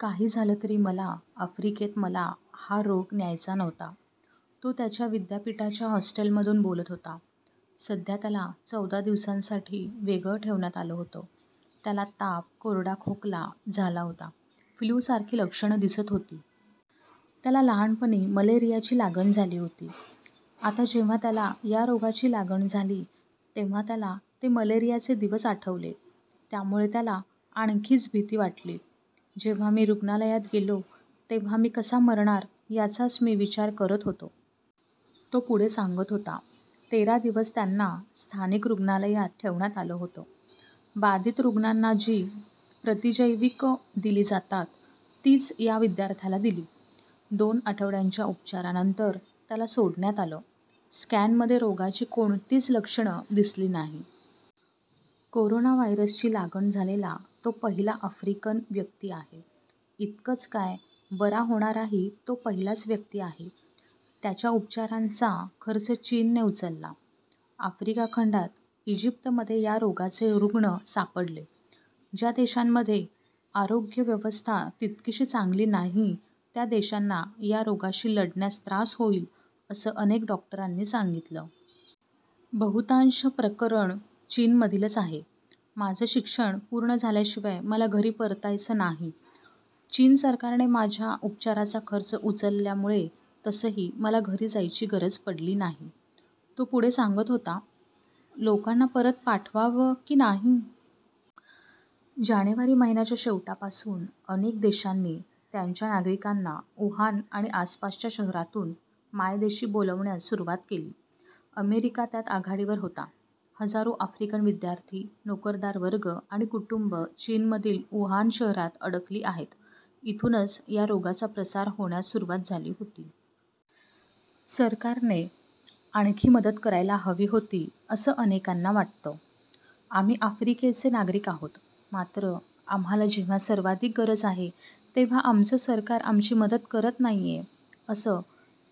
काही झालं तरी मला आफ्रिकेत मला हा रोग न्यायचा नव्हता. तो त्याच्या विद्यापीठाच्या हॉस्टेलमधून बोलत होता. सध्या त्याला चौदा दिवसांसाठी वेगळं ठेवण्यात आलं होतं. त्याला ताप, कोरडा खोकला झाला होता. फ्लू सारखी लक्षणं दिसत होती. त्याला लहानपणी मलेरियाची लागण झाली होती. आता जेव्हा त्याला या रोगाची लागण झाली तेव्हा त्याला ते मलेरियाचे दिवस आठवले. त्यामुळे त्याला आणखीच भीती वाटली. जेव्हा मी रुग्णालयात गेलो तेव्हा मी कसा मरणार याचाच मी विचार करत होतो. तो पुढे सांगत होता. तेरा दिवस त्यांना स्थानिक रुग्णालयात ठेवण्यात आलं होतं. बाधित रुग्णांना जी प्रतिजैविकं दिली जातात तीच या विद्यार्थ्याला दिली. दोन आठवड्यांच्या उपचारानंतर त्याला सोडण्यात आलं. स्कॅनमध्ये रोगाची कोणतीच लक्षणं दिसली नाही. कोरोना व्हायरसची लागण झालेला तो पहिला अफ्रिकन व्यक्ती आहे. इतकंच काय बरा होणाराही तो पहिलाच व्यक्ती आहे. त्याच्या उपचारांचा खर्च चीनने उचलला. आफ्रिका खंडात इजिप्तमध्ये या रोगाचे रुग्ण सापडले. ज्या देशांमध्ये आरोग्य व्यवस्था तितकीशी चांगली नाही त्या देशांना या रोगाशी लढण्यास त्रास होईल असं अनेक डॉक्टरांनी सांगितलं. बहुतांश प्रकरणं चीनमधीलच आहे. माझं शिक्षण पूर्ण झाल्याशिवाय मला घरी परतायचं नाही. चीन सरकारने माझ्या उपचाराचा खर्च उचलल्यामुळे तसंही मला घरी जायची गरज पडली नाही. तो पुढे सांगत होता. लोकांना परत पाठवावं की नाही? जानेवारी महिन्याच्या शेवटापासून अनेक देशांनी त्यांच्या नागरिकांना वुहान आणि आसपासच्या शहरातून मायदेशी बोलावण्यास सुरुवात केली. अमेरिका त्यात आघाडीवर होता. हजारो अफ्रिकन विद्यार्थी, नोकरदार वर्ग आणि कुटुंबं चीनमधील वुहान शहरात अडकली आहेत. इथूनच या रोगाचा प्रसार होण्यास सुरुवात झाली होती. सरकारने आणखी मदत करायला हवी होती असं अनेकांना वाटतं. आम्ही आफ्रिकेचे नागरिक आहोत. मात्र आम्हाला जेव्हा सर्वाधिक गरज आहे तेव्हा आमचं सरकार आमची मदत करत नाहीये. असं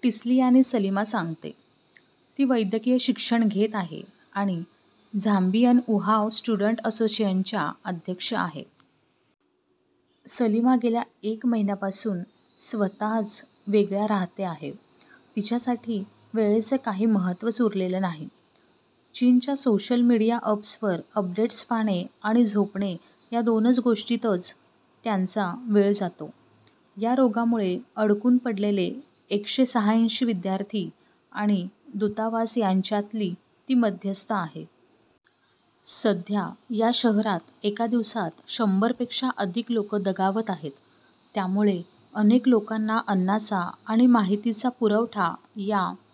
टिस्लियानी सलिमा सांगते. ती वैद्यकीय शिक्षण घेत आहे आणि झांबियन वुहाव स्टुडंट असोसिएशनच्या अध्यक्ष आहे. सलीमा गेल्या एक महिन्यापासून स्वत:च वेगळ्या राहते आहे. तिच्यासाठी वेळेचं काही महत्त्वच उरलेलं नाही. चीनच्या सोशल मीडिया अप्स वर अपडेट्स पाहणे आणि झोपणे या दोनच गोष्टीतच त्यांचा वेळ जातो. या रोगामुळे अडकून पडलेले एकशे शहाऐंशी विद्यार्थी आणि दुतावास यांच्यातली ती मध्यस्थ आहे. सध्या या शहरात एका दिवसात शंभर पेक्षा अधिक लोक दगावत आहेत. त्यामुळे अनेक लोकांना अन्नाचा आणि माहितीचा पुरवठा या